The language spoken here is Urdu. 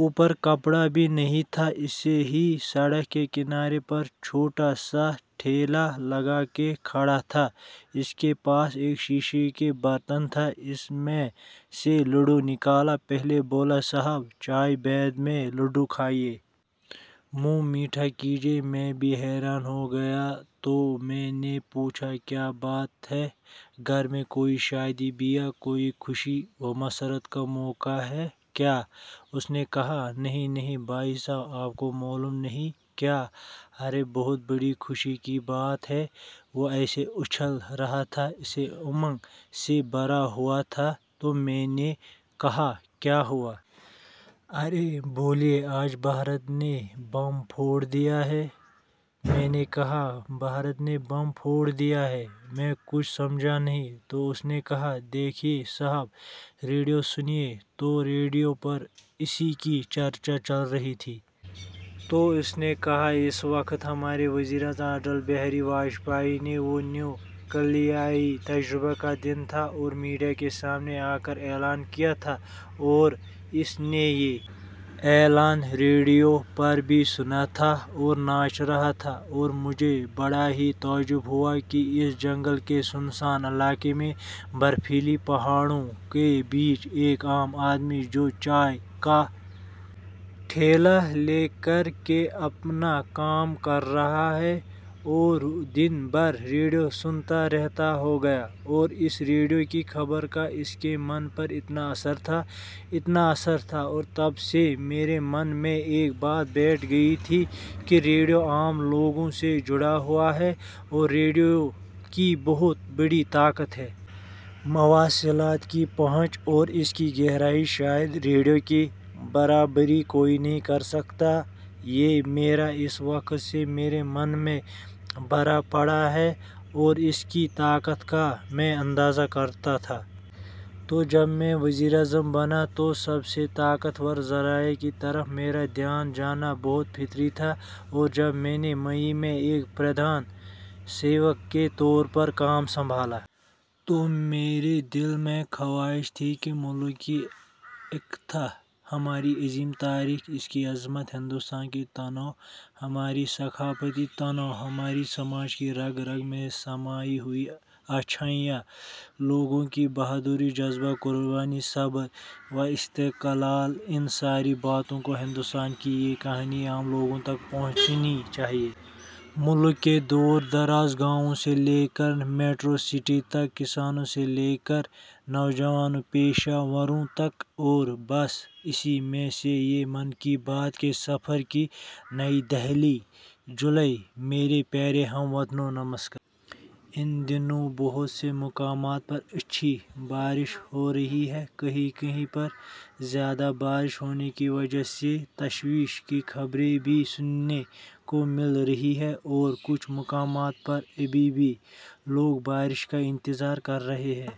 اوپر کپڑابھی نہیں تھا ایسے ہی سڑک کے کنارے پر چھوٹا سا ٹھیلہ لگا کے کھڑا تھا۔ اس کے پاس ایک شیشے کے برتن تھا، اس میں سے لڈو نکالا، پہلے بولا صاحب، چائے بعد میں، لڈو کھایئے۔ منھ میٹھا کیجئے۔ میں بھی حیران ہوگیا تو میں نے پوچھا کیا بات ہے گھر میں کوئی شادی-بیاہ کوئی خوشی ومسرت کا موقع ہے کیا! اس نے کہا نہیں نہیں بھائی صاحب، آپ کو معلوم نہیں کیا؟ ارے بہت بڑی خوشی کی بات ہے وہ ایسے اچھل رہا تھا، ایسے امنگ سے بھرا ہوا تھا، تو میں نے کہا کیا ہوا! ارے بولے آج بھارت نے بم پھوڑ دیا ہے۔ میں نے کہا بھارت نے بم پھوڑ دیا ہے! میں کچھ سمجھا نہیں! تو اس نے کہا، دیکھئے صاحب ، ریڈیو سنئے۔ تو ریڈیو پر اسی کی چرچا چل رہی تھی۔ تو اس نے کہا اس وقت ہمارے وزیر اعظم اٹل بہاری واجپئی نے – وہ نیو کلیائی تجربہ کا دن تھا اور میڈیا کے سامنے آکر اعلان کیا تھا اور اس نے یہ اعلان ریڈیو پر بھی سنا تھا اور ناچ رہا تھا اور مجھے بڑا ہی تعجب ہوا کہ اس جنگل کے سنسان علاقے میں، برفیلی پہاڑیوں کے بیچ، ایک عام آدمی جو چائے کا ٹھیلہ لے کر کے اپنا کام کر رہا ہے اور دن بھر ریڈیو سنتا رہتا ہوگا اور اس ریڈیو کی خبر کا اس کے من پر اتنا اثر تھا، اتنا اثر تھا اور تب سے میرے من میں ایک بات بیٹھ گئی تھی کہ ریڈیو عام لوگوں سے جڑا ہوا ہے اور ریڈیو کی بہت بڑی طاقت ہے۔ مواصلات کی پہنچ اور اس کی گہرائی، شاید ریڈیو کی برابری کوئی نہیں کرسکتا یہ میرا اس وقت سے میرے من میں بھرا پڑا ہے اور اس کی طاقت کا میں اندازہ کرتا تھا۔ تو جب میں وزیر اعظم بنا تو سب سے طاقت ور ذرائع کی طرف میرا دھیان جانا بہت فطری تھا۔ اور جب میں نے مئی میں ایک 'پردھان-سیوک' کے طور پر کام سنبھالا تو میرے دل میں خواہش تھی کہ ملک کی ایکتا، ہماری عظیم تاریخ، اس کی عظمت ، ہندوستان کی تنوع، ہماری ثقافتی تنوع، ہمارے سماج کی رگ رگ میں سمائی ہوئی اچھائیاں، لوگوں کی بہادری ،جذبہ، قربانی ،صبر واستقلال ان ساری باتوں کو، ہندوستان کی یہ کہانی عام لوگوں تک پہنچنی چاہئے۔ ملک کے دور دراز گاؤوں سے لے کر میٹرو سٹی تک، کسانوں سے لے کر نوجوان پیشہ وروں تک اور بس اسی میں سے یہ 'من کی بات' کے سفر کی. نئیدہلی۔ جولائی ؛ میرے پیارے ہم وطنوں، نمسکار۔ ان دنوں بہت سے مقامات پر اچھی بارش ہو رہی ہے۔ کہیں کہیں پر زیادہ بارش ہونے کی وجہ سے تشویش کی خبریں بھی سننے کو مل رہی ہیں اور کچھ مقامات پر ابھی بھی لوگ بارش کا انتظار کر رہے ہیں۔